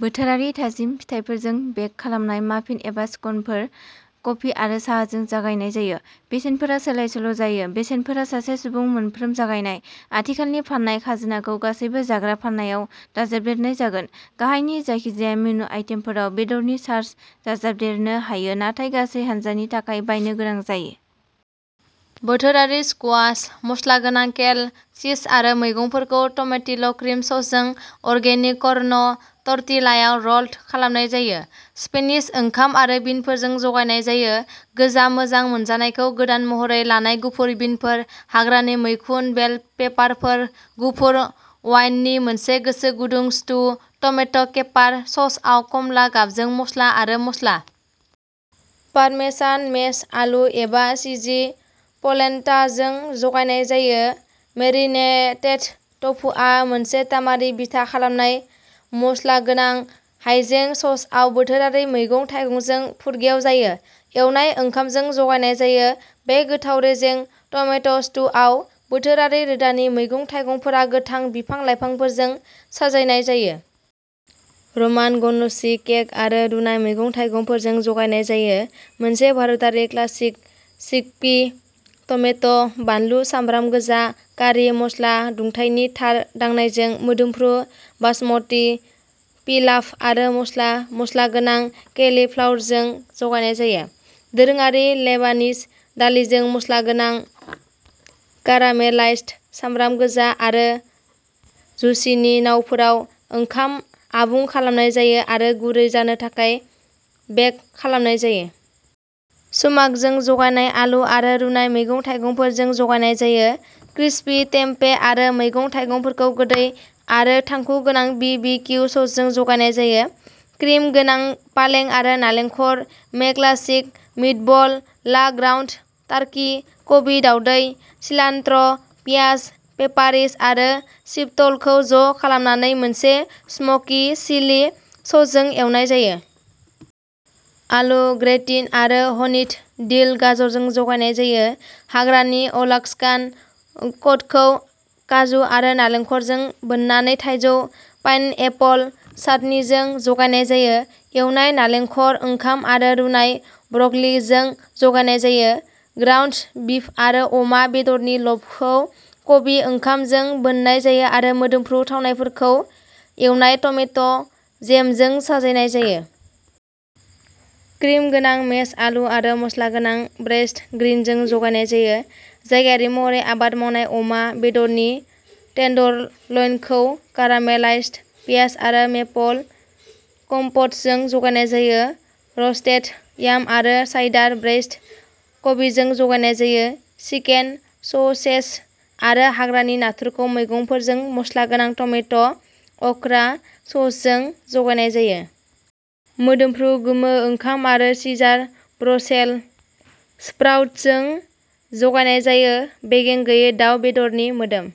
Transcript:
बोथोरारि थाजिम फिथाइफोरजों बेक खालामनाय माफिन एबा स्कनफोर कफि आरो साहाजों जागायनाय जायो। बेसेनफोरा सोलायसोल'जायो। बेसेनफोरा सासे सुबुं, मोनफ्रोम जागायनाय। आथिखालनि फाननाय खाजोनाखौ गासैबो जाग्रा फाननायाव दाजाबदेरनाय जागोन। गाहायनि जायखिजाया मेनु आइटेमफोराव बेदरनि चार्ज दाजाबदेरनो हायो नाथाय गासै हान्जानि थाखाय बायनो गोनां जायो। बोथोरारि स्कुवाश, मस्ला गोनां केल, चीज आरो मैगंफोरखौ टमेटिल'क्रिम ससजों अर्गेनिक कर्न टर्टिलायाव र'ल्ड खालामनाय जायो। स्पेनिश ओंखाम आरो बिनफोरजों जगायनाय जायो। गोजाम मोजां मोनजानायखौ गोदान महरै लानाय गुफुर बिनफोर, हाग्रानि मैखुन, बेल पेपारफोर, गुफुर अवाइननि मोनसे गोसो गुदुं स्टु, टमेट' केपार ससआव खमला गाबजों मसला आरो मस्ला। पारमेसान मेश आलु एबा चिजि प'लेन्टाजों जगायनाय जायो। मेरिनेटेड टफुआ मोनसे तामारि बिथा खालामनाय मस्लागोनां हायजें ससआव बोथोरारि मैगं-थाइगंजों फुरगेव जायो। एवनाय ओंखामजों जगायनाय जायो। बे गोथाव रेजें टमेट'स्टुआव बोथोरारि रोदानि मैगं-थाइगंफोरा गोथां बिफां-लाइफांफोरजों साजायनाय जायो। रमान गन'चि केक आरो रुनाय मैगं-थाइगंफोरजों जगायनाय जायो। मोनसे भारतारि क्लासिक चिकपि, टमेट', बानलु, सामब्राम गोजा, कारि मस्ला, दुंथायनि थार दांनायजों! मोदोमफ्रु बासमती पिलाफ आरो मस्ला मस्लागोनां केलिफ्लावरजों जगायनाय जायो। दोरोङारि लेबानिज दालिजों मस्लागोनां कारामेलाइज्ड सामब्राम गोजा, आरो जुचिनी नावफोराव ओंखाम आबुं खालामनाय जायो आरो गुरै जानो थाखाय बेक खालामनाय जायो। सुमाकजों जगायनाय आलु आरो रुनाय मैगं-थाइगंफोरजों जगायनाय जायो। क्रिस्पि टेम्पे आरो मैगं-थाइगंफोरखौ गोदै आरो थांखु गोनां बि बि किउ ससजों जगायनाय जायो। क्रिम गोनां पालें आरो नालेंखर मे क्लासिक मिटबल ला ग्राउन्ड टार्कि, कबि, दाउदै, सिलान्ट्र', पियाज, पेपारिस आरो चिपटलखौ ज' खालामनानै मोनसे स्मकि चिलि ससजों एवनाय जायो। आलु ग्रेटिन आरो हनिड डिल गाजरजों जगायनाय जायो। हाग्रानि अलाकस्कान कडखौ काजु आरो नालेंखरजों बोननानै थाइजौ पाइनएपल चाटनिजों जगायनाय जायो। एवनाय नालेंखर ओंखाम आरो रुनाय ब्रकलिजों जगायनाय जायो। ग्राउन्ड बिफ आरो अमा बेदरनि ल'फखौ "कबि ओंखाम" जों बोननाय जायो आरो मोदोमफ्रु थावनायफोरखौ एवनाय टमेट' जेमजों साजायनाय जायो। क्रिम गोनां मेश आलु आरो मसलागोनां ब्रेइज्ड ग्रिनजों जगायनाय जायो। जायगायारि महरै आबाद मावनाय अमा बेदरनि टेन्डरलइनखौ कारामेलाइज्ड पियाज आरो मेपल कम्प'टजों जगायनाय जायो। रस्टेड याम आरो साइडार ब्रेइज्ड कबिजों जगायनाय जायो। चिकेन ससेज आरो हाग्रानि नाथुरखौ मैगंफोरजों मस्लागोनां टमेट'- अकरा ससजों जगायनाय जायो। मोदोमफ्रु गोमो ओंखाम आरो सिजार ब्रसेल स्प्राउट्सजों जगायनाय जायो। बेगें गैयै दाउ बेदरनि मोदोम।